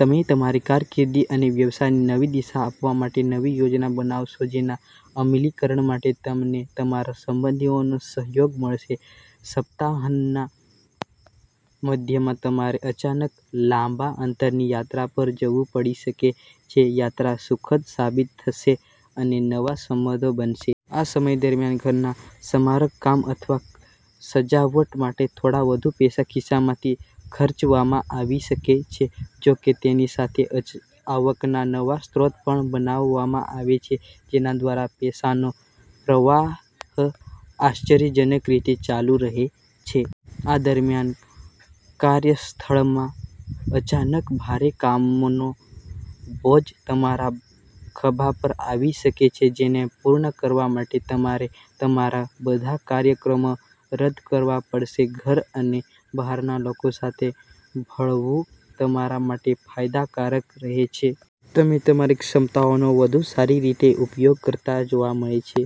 તમે તમારી કારકિર્દી અને વ્યવસાયને નવી દિશા આપવા માટે નવી યોજના બનાવશો, જેના અમલીકરણ માટે તમને તમારા સંબંધીઓનો સહયોગ મળશે. સપ્તાહના મધ્યમાં તમારે અચાનક લાંબા અંતરની યાત્રા પર જવું પડી શકે છે. યાત્રા સુખદ સાબિત થશે અને નવા સંબંધો બનશે. આ સમય દરમિયાન, ઘરના સમારકામ અથવા સજાવટ માટે થોડા વધુ પૈસા ખિસ્સામાંથી ખર્ચવામાં આવી શકે છે, જો કે તેની સાથે આવકના નવા સ્ત્રોત પણ બનાવવામાં આવશે, જેના દ્વારા પૈસાનો પ્રવાહ આશ્ચર્યજનક રીતે ચાલુ રહેશે. આ દરમિયાન, કાર્યસ્થળમાં અચાનક ભારે કામનો બોજ તમારા ખભા પર આવી શકે છે, જેને પૂર્ણ કરવા માટે તમારે તમારા બધા કાર્યક્રમો રદ કરવા પડશે. ઘર અને બહારના લોકો સાથે ભળવું તમારા માટે ફાયદાકારક રહેશે. તમે તમારી ક્ષમતાઓનો વધુ સારી રીતે ઉપયોગ કરતા જોવા મળશે.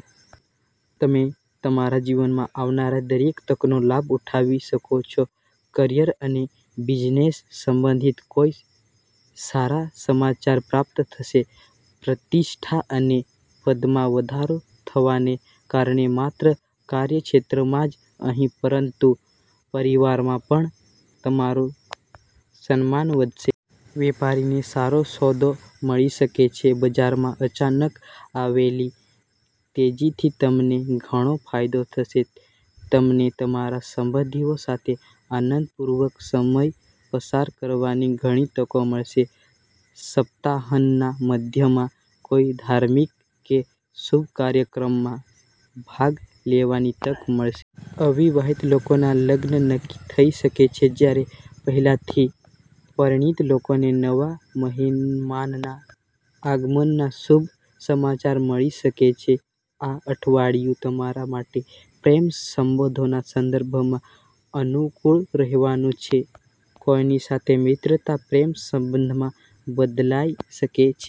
તમે તમારા જીવનમાં આવનાર દરેક તકનો લાભ ઉઠાવી શકશો. કરિયર અને બિઝનેસ સંબંધિત કોઈ સારા સમાચાર પ્રાપ્ત થશે. પ્રતિષ્ઠા અને પદમાં વધારો થવાને કારણે માત્ર કાર્યક્ષેત્રમાં જ નહીં પરંતુ પરિવારમાં પણ તમારું સન્માન વધશે. વેપારીને સારો સોદો મળી શકે છે. બજારમાં અચાનક આવેલી તેજીથી તમને ઘણો ફાયદો થશે. તમને તમારા સંબંધીઓ સાથે આનંદપૂર્વક સમય પસાર કરવાની ઘણી તકો મળશે. સપ્તાહના મધ્યમાં કોઈ ધાર્મિક કે શુભ કાર્યક્રમમાં ભાગ લેવાની તક મળશે. અવિવાહિત લોકોના લગ્ન નક્કી થઈ શકે છે, જ્યારે પહેલાથી પરિણીત લોકોને નવા મહેમાનના આગમનના શુભ સમાચાર મળી શકે છે. આ અઠવાડિયું તમારા માટે પ્રેમ સંબંધોના સંદર્ભમાં અનુકૂળ રહેવાનું છે. કોઈની સાથે મિત્રતા પ્રેમ સંબંધમાં બદલાઈ શકે છે.